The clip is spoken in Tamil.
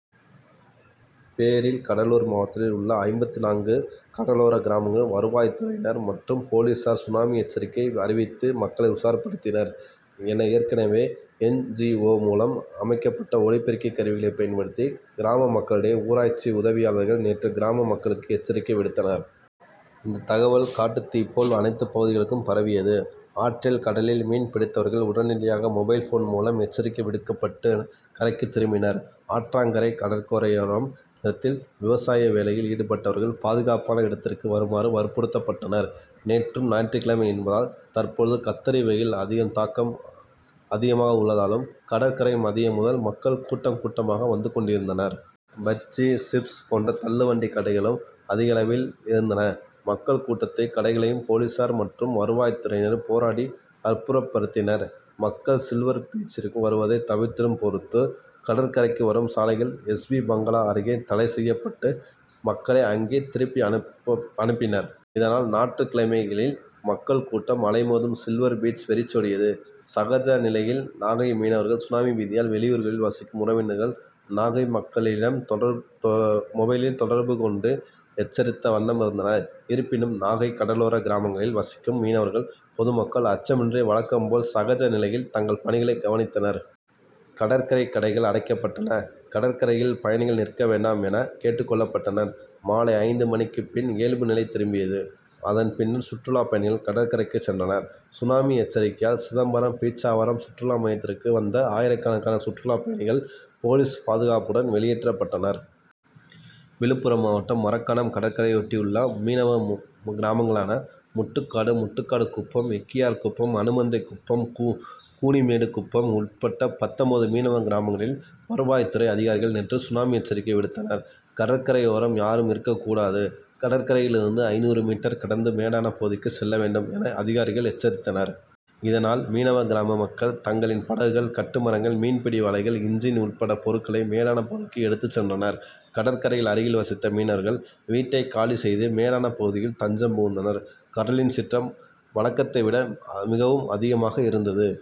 பேரில் கடலூர் மாவட்டத்தில் உள்ள ஐம்பத்தி நான்கு கடலோர கிராமங்கள் வருவாய்த் துறையினர் மற்றும் போலீசார் சுனாமி எச்சரிக்கை அறிவித்து மக்களை உஷார்படுத்தினர்.என ஏற்கனவே என். ஜி. ஓ. மூலம் அமைக்கப்பட்ட ஒலிப்பெருக்கி கருவிகளைப் பயன்படுத்தி கிராம மக்களிடையே ஊராட்சி உதவியாளர்கள் நேற்று கிராம மக்களுக்கு எச்சரிக்கை விடுத்தனர். இந்த தகவல் காட்டுத்தீ போல் அனைத்துப் பகுதிகளுக்கும் பரவியது. ஆற்றில் கடலில் மீன் பிடித்தவர்கள் உடனடியாக மொபைல் போன் மூலம் எச்சரிக்கை விடுக்கப்பட்டு கரைக்குத் திரும்பினர். ஆற்றாங்கரை கடற்கரையோரம் நிலத்தில் விவசாய வேலையில் ஈடுபட்டுள்ளவர்கள் பாதுகாப்பான இடத்திற்கு வருமாறு வற்புறுத்தபட்டனர். நேற்று ஞாயிற்றுக் கிழமை என்பதால் தற்போது கத்திரி வெயில் அதிகதாக்கம் அதிகமாக உள்ளதாலும் கடற்கரை மதியம் முதல் மக்கள் கூட்டம் கூட்டமாக வந்து கொண்டிருந்தனர். பஜ்ஜி சிப்ஸ் போன்ற தள்ளு வண்டி கடைகளும் அதிக அளவில் இருந்தன. மக்கள் கூட்டத்தையும் கடைகளையும் போலீசார் மற்றும் வருவாய்த் துறையினரும் போராடி அப்புறப்படுத்தினர். மக்கள் சில்வர் பீச்சிற்கு வருவதை தவிர்த்திடும் பொருட்டு கடற்கரைக்கு வரும் சாலைகளை எஸ். பி. பங்களா அருகே தடை செய்யப்பட்டு மக்களை அங்கே திருப்பி அனுப்பினர். இதனால் ஞாயிற்றுக் கிழமையில் மக்கள் கூட்டம் அலைமோதும் சில்வர் பீச் வெறிச்சோடியது. சகஜ நிலையில் நாகை மீனவர்கள் சுனாமி பீதியால் வெளியூர்களில் வசிக்கும் உறவினர்கள் நாகை மக்களிடம் தொடர் மொபைலில் தொடர்பு கொண்டு எச்சரித்த வண்ணம் இருந்தனர். இருப்பினும் நாகை கடலோர கிராமங்களில் வசிக்கும் மீனவர்கள் பொதுமக்கள் அச்சமின்றி வழக்கம் போல் சகஜ நிலையில் தங்கள் பணிகளை கவனித்தனர். கடற்கரை கடைகள் அடைக்கப்பட்டன. கடற்கரையில் பயணிகள் நிற்க வேண்டாம் என கேட்டுக் கொள்ளப்பட்டனர். மாலை ஐந்து மணிக்கு பின் இயல்புநிலை திரும்பியது. அதன்பின் சுற்றுலாப் பயணிகள் கடற்கரைக்கு சென்றனர். சுனாமி எச்சரிக்கையால் சிதம்பரம் பிச்சாவரம் சுற்றுலா மையத்திற்கு வந்த ஆயிரக்கணக்கான சுற்றுலாப் பயணிகள் போலீஸ் பாதுகாப்புடன் வெளியேற்றப்பட்டனர். விழுப்புரம் மாவட்டம் மரக்காணம் கடற்கரையையொட்டி உள்ள மீனவ கிராமங்களான முட்டுக்காடு முட்டுக்காடு குப்பம் எக்கியார்குப்பம் அனுமந்தை குப்பம் கூ கூனிமேடு குப்பம் உள்பட்ட பத்தொன்பது மீனவ கிராமங்களில் வருவாய்த் துறை அதிகாரிகள் நேற்று சுனாமி எச்சரிக்கை விடுத்தனர். கடற்கரையோரம் யாரும் இருக்கக் கூடாது கடற்கரையில் இருந்து ஐநூறு மீட்டர் கடந்து மேடான பகுதிக்கு செல்ல வேண்டும் என அதிகாரிகள் எச்சரித்தனர். இதனால் மீனவ கிராம மக்கள் தங்களின் படகுகள் கட்டுமரங்கள் மீன்பிடி வலை இன்ஜின் உள்பட பொருட்களை மேடான பகுதிக்கு எடுத்துச் சென்றனர். கடற்கரை அருகில் வசித்த மீனவர்கள் வீட்டை காலி செய்து மேடான பகுதியில் தஞ்சம் புகுந்தனர். கடலின் சீற்றம் வழக்கத்தைவிட மிகவும் அதிகமாக இருந்தது.